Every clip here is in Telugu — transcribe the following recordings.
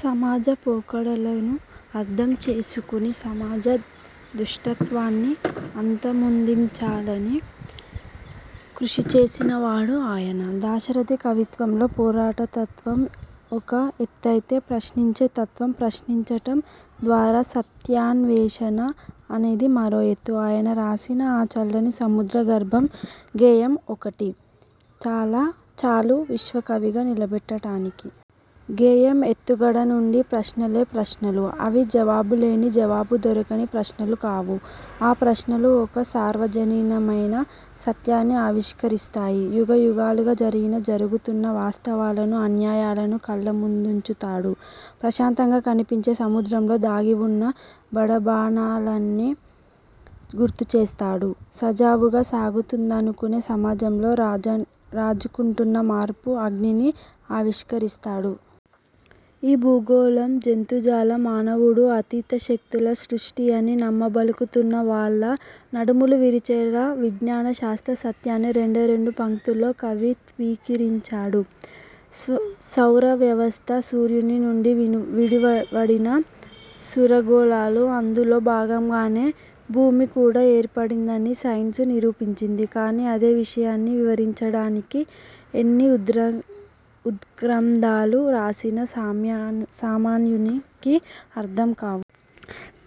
సమాజ పోకడలను అర్థం చేసుకుని సమాజ దుష్టత్వాన్ని అంతమొందించాలని కృషి చేసినవాడు ఆయన. దాశరథి కవిత్వంలో పోరాటతత్వం ఒక ఎత్తైతే ప్రశ్నించే తత్వం, ప్రశ్నించటం ద్వారా సత్యాన్వేషణ అనేది మరో ఎత్తు. ఆయన రాసిన 'ఆ చల్లని సముద్ర గర్భం' గేయం ఒక్కటి చాలు విశ్వకవిగా నిలబెట్టటానికి. గేయం ఎత్తుగడ నుండీ ప్రశ్నలే ప్రశ్నలు! అవి జవాబులేని, జవాబు దొరకని ప్రశ్నలు కావు. ఆ ప్రశ్నలు ఒక సార్వజనీనమైన సత్యాన్ని ఆవిష్కరిస్తాయి. యుగయుగాలుగా జరిగిన, జరుగుతున్న వాస్తవాలను, అన్యాయాలను కళ్లముందుంచుతాడు. ప్రశాంతంగా కనిపించే సముద్రంలో దాగివున్న బడబానలాన్ని గుర్తుచేస్తాడు. సజావుగా సాగుతుందనుకునే సమాజంలో రాజుకుంటున్న 'మార్పు' అగ్నిని ఆవిష్కరిస్తాడు. ఈ భూగోళం, జంతుజాలం, మానవుడూ అతీతశక్తుల సృష్టియని నమ్మబలుకుతున్న వాళ్ల నడుములు విరిచేలా విజ్ఞాన శాస్త్ర సత్యాన్ని రెండే రెండు పంక్తుల్లో కవిత్వీకరించాడు. సౌరవ్యవస్థ, సూర్యుని నుండి విడివడిన సురగోళాలు, అందులో భాగంగానే భూమి కూడా ఏర్పడిందని సైన్సు నిరూపించింది. కానీ అదే విషయాన్ని వివరించడానికి ఎన్ని ఉద్ర్గంథాలు రాసినా సామాన్యునికి అర్థం కావు.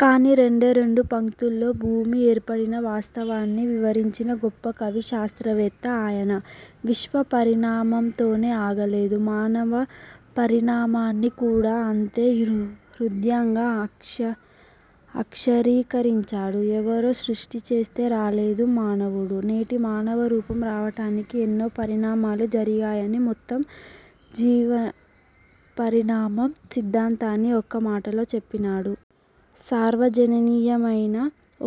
కానీ రెండే రెండు పంక్తులో భూమి ఏర్పడిన వాస్తవాన్ని వివరించిన గొప్ప కవి శాస్త్రవేత్త ఆయన. విశ్వపరిణామంతోనే ఆగలేదు. మానవ పరిణామాన్ని కూడా అంతే హృద్యంగా అక్షరీకరించాడు. ఎవరో సృష్టిచేస్తే రాలేదు మానవుడు. నేటి మానవ రూపం రావటానికి ఎన్నో పరిణామాలు జరిగాయని, మొత్తం జీవపరిణామం సిద్ధాంతాన్ని ఒక్కమాటలో చెప్పినాడు. సార్వజనీనమైన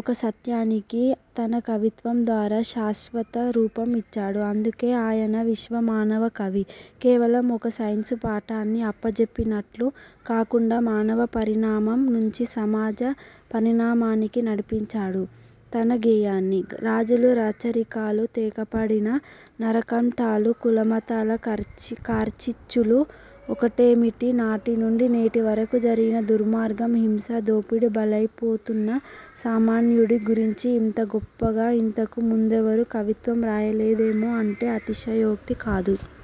ఒక సత్యానికి తన కవిత్వం ద్వారా శాశ్వత రూపం ఇచ్చాడు. అందుకే ఆయన విశ్వ మానవ కవి. కేవలం ఒక సైన్సు పాఠాన్ని అప్పజెప్పినట్లు కాకుండా మానవ పరిణామం నుంచి సమాజ పరిణామానికి నడిపించాడు తన గేయాన్ని. రాజులు, రాచరికాలు, తెగిపడిన నరకంఠాలు, కులమతాల కార్చిచ్చులూ ఒకటేమిటి నాటి నుండి నేటి వరకూ జరిగిన దుర్మార్గం, హింస, దోపిడీ, బలైపోతున్న సామాన్యుడి గురించి ఇంత గొప్పగా ఇంతకు ముందెవరూ కవిత్వం రాయలేదేమో అంటే అతిశయోక్తి కాదు.